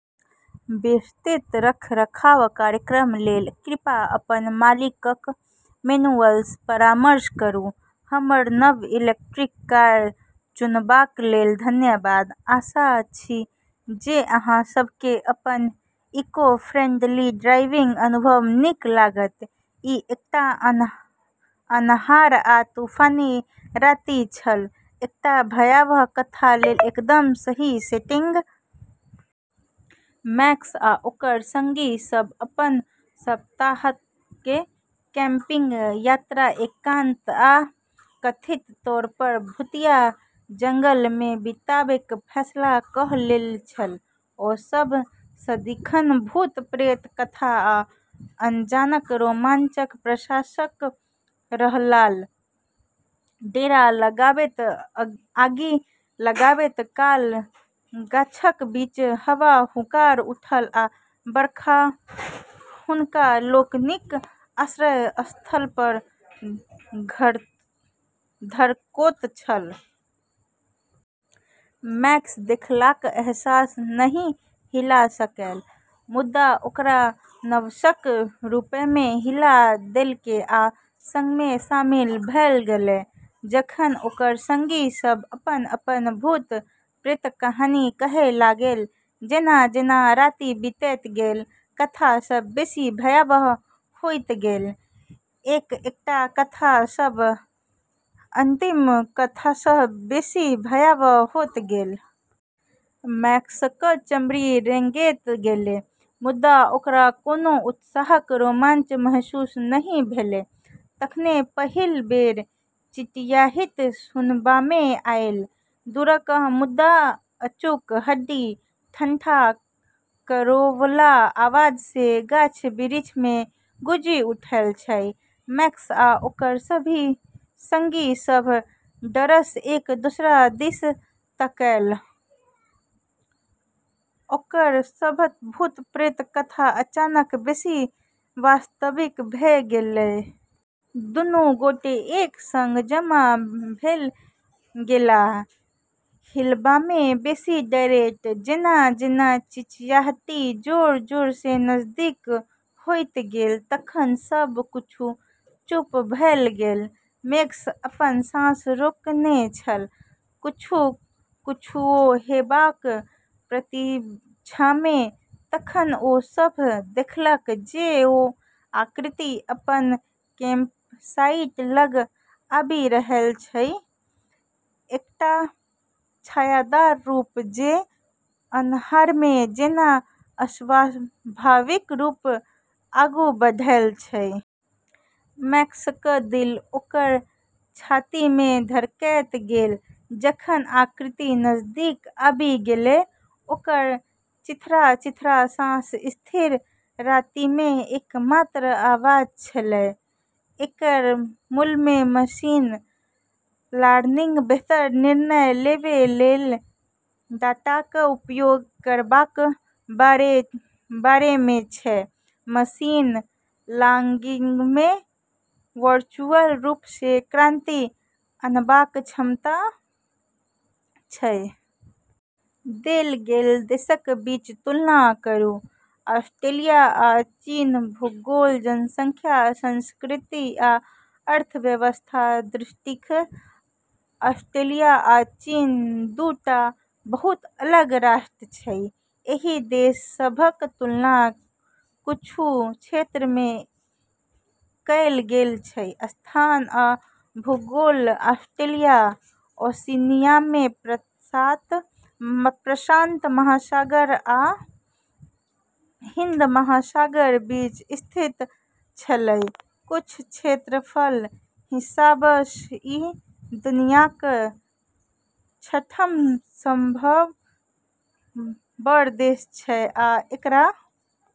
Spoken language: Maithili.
विस्तृत रखरखावक कार्यक्रम लेल कृपया अपन मालिकक मैनुअलसँ परामर्श करू। हमर नव इलेक्ट्रिक कार चुनबाक लेल धन्यवाद। आशा अछि जे अहाँ सभकेँ अपन इको-फ्रेंडली ड्राइविंग अनुभव नीक लागत। ई एकटा अन्हार आ तूफानी राति छल, एकटा भयावह कथा लेल एकदम सही सेटिंग। मैक्स आ ओकर संगी सभ अपन सप्ताहांतक कैम्पिंग यात्रा एकांत आ कथित तौरपर भूतिया जंगलमे बिताबैक फैसला कऽ लेने छल। ओ सभ सदिखन भूत-प्रेतक कथा आ अनजानक रोमांचक प्रशंसक रहलाह। डेरा लगाबैत आगि लगाबैत काल गाछक बीचसँ हवा हुंकार उठल आ बरखा हुनका लोकनिक आश्रय स्थलपर धड़कैत छल। मैक्स देखलाक एहसास नहि हिला सकलै, मुदा ओकरा नर्वसक रूपमे हिला देलकै आ संगमे शामिल भऽ गेलै, जखन ओकर संगी सभ अपन-अपन भूत-प्रेतक कहानी कहै लागलै। जेना-जेना राति बीतैत गेल, कथा सभ बेसी भयावह होइत गेल, एक-एकटा कथा सभ अंतिम कथासँ बेसी भयावह होइत गेल। मैक्सक चमड़ी रेंगैत गेलै, मुदा ओकरा कोनो उत्साहक रोमांच महसूस नहि भेलै। तखने पहिल बेर चिचियाहटि सुनबामे आयल। दूरक, मुदा अचूक, हड्डी ठंढा करैवला आवाज जे गाछ-बिरिछमे गूँजि उठैत छल। मैक्स आ ओकर संगी सभ डरसँ एक दोसरा दिस तकलक, ओकर सभक भूत-प्रेतक कथा अचानक बेसी वास्तविक भऽ गेलै। दूनू गोटे एक संग जमा भऽ गेलाह, हिलबामे बेसी डरैत, जेना-जेना चिचियाहटि जोर-जोरसँ नजदीक होइत गेल। तखन, सब किछु चुप भऽ गेल। मैक्स अपन साँस रोकने छल, किछु, किछुओ, हेबाक प्रतीक्षामे। तखने ओ सभ देखलक जे ओ आकृति अपन कैम्पसाइट लग आबि रहल छल, एकटा छायादार रूप जे अन्हारमे जेना अस्वाभाविक रूपेँ आगू बढ़ैत छल। मैक्सक दिल ओकर छातीमे धड़कैत गेलै जखन आकृति नजदीक आबि गेलै, ओकर चीथड़ा-चीथड़ा साँस स्थिर रातिमे एकमात्र आवाज छलैक। एकर मूलमे मशीन लर्निंग बेहतर निर्णय लेबै लेल डाटाक उपयोग करबाक बारेमे छै। मशीन लर्निंगमे वर्चुअल रूपसँ क्रांति अनबाक क्षमता अछि। देल गेल देशक बीच तुलना करू। ऑस्ट्रेलिया आ चीन भूगोल, जनसंख्या, संस्कृति, आ अर्थव्यवस्थाक दृष्टिसँ ऑस्ट्रेलिया आ चीन दू टा बहुत अलग राष्ट्र छै। एहि देश सभक तुलना किछु क्षेत्रमे कएल गेल अछि: स्थान आ भूगोल: ऑस्ट्रेलिया ओशिनियामे प्रशांत महासागर आ हिंद महासागरक बीच स्थित अछि कुल क्षेत्रफलक हिसाबसँ ई दुनियाक छठम सबसँ बड़ देश छकै आ एकरा।